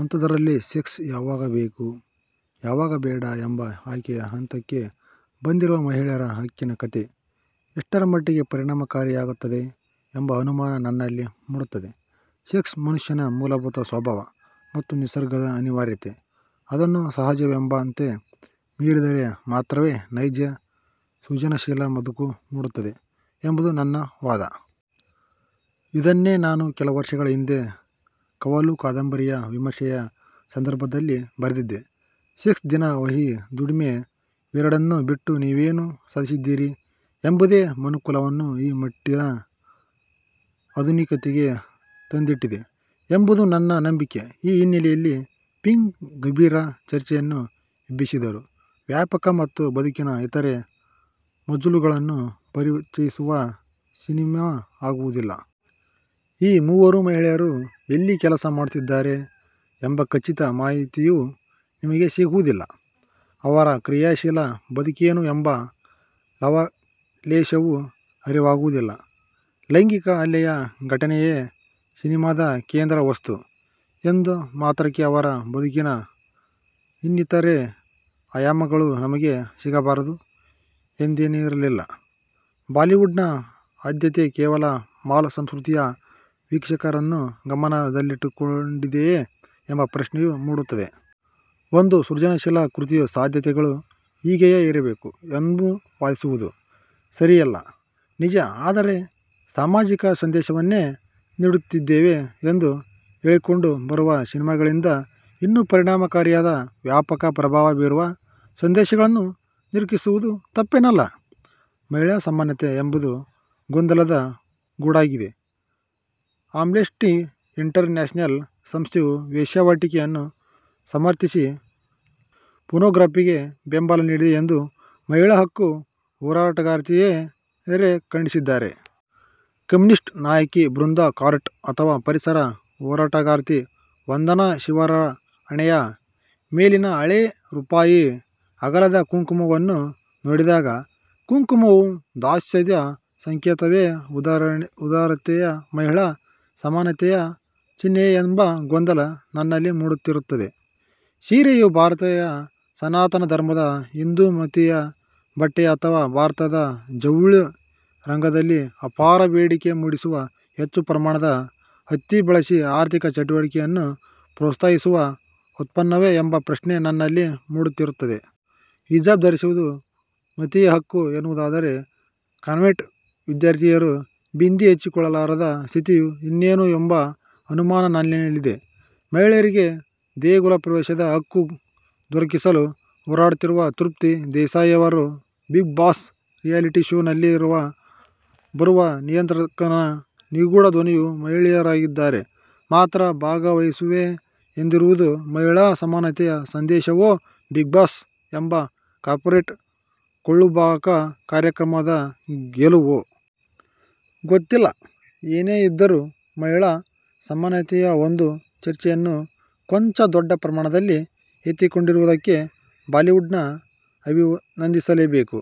ಅಂಥದ್ದರಲ್ಲಿ sex ಯಾವಾಗ ಬೇಕು, ಯಾವಾಗ ಬೇಡ' ಎಂಬ ಆಯ್ಕೆಯ ಹಂತಕ್ಕೆ ಬಂದಿರುವ ಮಹಿಳೆಯರ ಹಕ್ಕಿನ ಕಥೆ ಎಷ್ಟರಮಟ್ಟಿಗೆ ಪರಿಣಾಮಕಾರಿಯಾಗುತ್ತದೆ ಎಂಬ ಅನುಮಾನ ನನ್ನಲ್ಲಿ ಮೂಡುತ್ತದೆ. ಸೆಕ್ಸ್ ಮನುಷ್ಯನ ಮೂಲಭೂತ ಸ್ವಭಾವ ಮತ್ತು ನಿಸರ್ಗದ ಅನಿವಾರ್ಯತೆ. ಅದನ್ನು ಸಹಜವೆಂಬಂತೆ ಮೀರಿದರೆ ಮಾತ್ರವೇ ನೈಜ-ಸೃಜನಶೀಲ ಬದುಕು ಮೂಡುತ್ತದೆ ಎಂಬುದು ನನ್ನ ವಾದ. ಇದನ್ನೇ ನಾನು ಕೆಲವರ್ಷಗಳ ಹಿಂದೆ ಕವಲು' ಕಾದಂಬರಿಯ ವಿಮರ್ಶೆಯ ಸಂದರ್ಭದಲ್ಲಿ ಬರೆದಿದ್ದೆ. ಸೆಕ್ಸ್-ದಿನವಹಿ ದುಡಿಮೆ ಇವೆರಡನ್ನೂ ಬಿಟ್ಟು ನೀವೇನು ಸಾಧಿಸಿದ್ದೀರಿ ಎಂಬುದೇ ಮನುಕುಲವನ್ನು ಈ ಮಟ್ಟಿನ ಆಧುನಿಕತೆಗೆ ತಂದಿಟ್ಟಿದೆ ಎಂಬುದು ನನ್ನ ನಂಬಿಕೆ. ಈ ಹಿನ್ನೆಲೆಯಲ್ಲಿ ಪಿಂಕ್' ಗಂಭೀರ ಚರ್ಚೆಯನ್ನು ಎಬ್ಬಿಸಿದ್ದರೂ, ವ್ಯಾಪಕ ಮತ್ತು ಬದುಕಿನ ಇತರೆ ಮಜಲುಗಳನ್ನು ಪರಿಚಯಿಸುವ ಸಿನೆಮಾ ಆಗುವುದಿಲ್ಲ. ಈ ಮೂವರೂ ಮಹಿಳೆಯರು ಎಲ್ಲಿ ಕೆಲಸ ಮಾಡುತ್ತಿದ್ದಾರೆ ಎಂಬ ಖಚಿತ ಮಾಹಿತಿಯೂ ನಿಮಗೆ ಸಿಗುವುದಿಲ್ಲ. ಅವರ ಕ್ರಿಯಾಶೀಲ ಬದುಕೇನು ಎಂಬ ಲವಲೇಶವೂ ಅರಿವಾಗುವುದಿಲ್ಲ. ಲೈಂಗಿಕ ಹಲ್ಲೆಯ ಘಟನೆಯೇ ಸಿನೆಮಾದ ಕೇಂದ್ರ ವಸ್ತು ಎಂದ ಮಾತ್ರಕ್ಕೆ ಅವರ ಬದುಕಿನ ಇನ್ನಿತರೆ ಆಯಾಮಗಳು ನಮಗೆ ಸಿಗಬಾರದು ಎಂದೇನಿರಲಿಲ್ಲ. ಬಾಲಿವುಡ್ನ ಆದ್ಯತೆ ಕೇವಲ ಮಾಲ್ ಸಂಸ್ಕೃತಿಯ ವೀಕ್ಷಕರನ್ನು ಗಮನದಲ್ಲಿಟ್ಟುಕೊಂಡಿದೆಯೇ ಎಂಬ ಪ್ರಶ್ನೆಯೂ ಮೂಡುತ್ತದೆ. ಒಂದು ಸೃಜನಶೀಲ ಕೃತಿಯ ಸಾಧ್ಯತೆಗಳು ಹೀಗೆಯೇ ಇರಬೇಕು ಎಂದು ವಾದಿಸುವುದು ಸರಿಯಲ್ಲ, ನಿಜ. ಆದರೆ ಸಾಮಾಜಿಕ ಸಂದೇಶವನ್ನೇ ನೀಡುತ್ತಿದ್ದೇವೆ ಎಂದು ಹೇಳಿಕೊಂಡು ಬರುವ ಸಿನೆಮಾಗಳಿಂದ ಇನ್ನೂ ಪರಿಣಾಮಕಾರಿಯಾದ, ವ್ಯಾಪಕ ಪ್ರಭಾವ ಬೀರುವ ಸಂದೇಶಗಳನ್ನು ನಿರೀಕ್ಷಿಸುವುದು ತಪ್ಪೇನಲ್ಲ. ಮಹಿಳಾ ಸಮಾನತೆ ಎಂಬುದು ಗೊಂದಲದ ಗೂಡಾಗಿದೆ. ಆಮ್ನೆಸ್ಟಿ ಇಂಟರ್ ನ್ಯಾಶನಲ್ ಸಂಸ್ಥೆಯು ವೇಶ್ಯಾವಾಟಿಕೆಯನ್ನು ಸಮರ್ಥಿಸಿ ಪೋರ್ನೋಗ್ರಫಿಗೆ ಬೆಂಬಲ ನೀಡಿದೆ ಎಂದು ಮಹಿಳಾ ಹಕ್ಕು ಹೋರಾಟಗಾರ್ತಿಯರೇ ಖಂಡಿಸಿದ್ದಾರೆ. ಕಮ್ಯುನಿಸ್ಟ್ ನಾಯಕಿ ಬೃಂದಾ ಕಾರಟ್ ಅಥವಾ ಪರಿಸರ ಹೋರಾಟಗಾರ್ತಿ ವಂದನಾ ಶಿವರ ಹಣೆಯ ಮೇಲಿನ ಹಳೆ ರೂಪಾಯಿ ಅಗಲದ ಕುಂಕುಮವನ್ನು ನೋಡಿದಾಗ ಕುಂಕುಮವು ದಾಸ್ಯದ ಸಂಕೇತವೆ, ಉದಾರತೆಯ, ಮಹಿಳಾ ಸಮಾನತೆಯ ಚಿಹ್ನೆಯೆ ಎಂಬ ಗೊಂದಲ ನನ್ನಲ್ಲಿ ಮೂಡುತ್ತಿರುತ್ತದೆ! ಸೀರೆಯು ಭಾರತೀಯ ಸನಾತನ ಧರ್ಮದ, ಹಿಂದೂ ಮತೀಯ ಬಟ್ಟೆಯೆ ಅಥವಾ ಭಾರತದ ಜವುಳಿ ರಂಗದಲ್ಲಿ ಅಪಾರ ಬೇಡಿಕೆ ಮೂಡಿಸುವ, ಹೆಚ್ಚು ಪ್ರಮಾಣದ ಹತ್ತಿ ಬಳಸಿ ಆರ್ಥಿಕ ಚಟುವಟಿಕೆಯನ್ನು ಪ್ರೋತ್ಸಾಹಿಸುವ ಉತ್ಪನ್ನವೆ ಎಂಬ ಪ್ರಶ್ನೆ ನನ್ನಲ್ಲಿ ಮೂಡುತ್ತಿರುತ್ತದೆ. ಹಿಜಾಬ್ ಧರಿಸುವುದು ಮತೀಯ ಹಕ್ಕು ಎನ್ನುವುದಾದರೆ ಕಾನ್ವೆಂಟ್ ವಿದ್ಯಾರ್ಥಿನಿಯರು ಬಿಂದಿ ಹಚ್ಚಿಕೊಳ್ಳಲಾರದ ಸ್ಥಿತಿಯು ಇನ್ನೇನು ಎಂಬ ಅನುಮಾನ ನನ್ನಲ್ಲಿದೆ. ಮಹಿಳೆಯರಿಗೆ ದೇಗುಲ ಪ್ರವೇಶದ ಹಕ್ಕು ದೊರಕಿಸಲು ಹೋರಾಡುತ್ತಿರುವ ತೃಪ್ತಿ ದೇಸಾಯಿಯವರು ಬಿಗ್ ಬಾಸ್' ರಿಯಾಲಿಟಿ ಶೋನಲ್ಲಿ ಬರುವ ನಿಯಂತ್ರಕನ ನಿಗೂಢ ಧ್ವನಿಯು ಮಹಿಳೆಯದಾಗಿದ್ದರೆ ಮಾತ್ರ ಭಾಗವಹಿಸುವೆ ಎಂದಿರುವುದು ಮಹಿಳಾ ಸಮಾನತೆಯ ಸಂದೇಶವೋ, ಬಿಗ್ ಬಾಸ್' ಎಂಬ ಕಾರ್ಪೋರೇಟ್ ಕೊಳ್ಳುಬಾಕ ಕಾರ್ಯಕ್ರಮದ ಗೆಲುವೋ? ಗೊತ್ತಿಲ್ಲ! ಏನೇ ಇದ್ದರೂ, ಮಹಿಳಾ ಸಮಾನತೆಯ ಒಂದು ಚರ್ಚೆಯನ್ನು ಕೊಂಚ ದೊಡ್ಡ ಪ್ರಮಾಣದಲ್ಲಿ ಎತ್ತಿಕೊಂಡಿರುವುದಕ್ಕೆ ಬಾಲಿವುಡ್ನ ಅಭಿನಂದಿಸಲೇಬೇಕು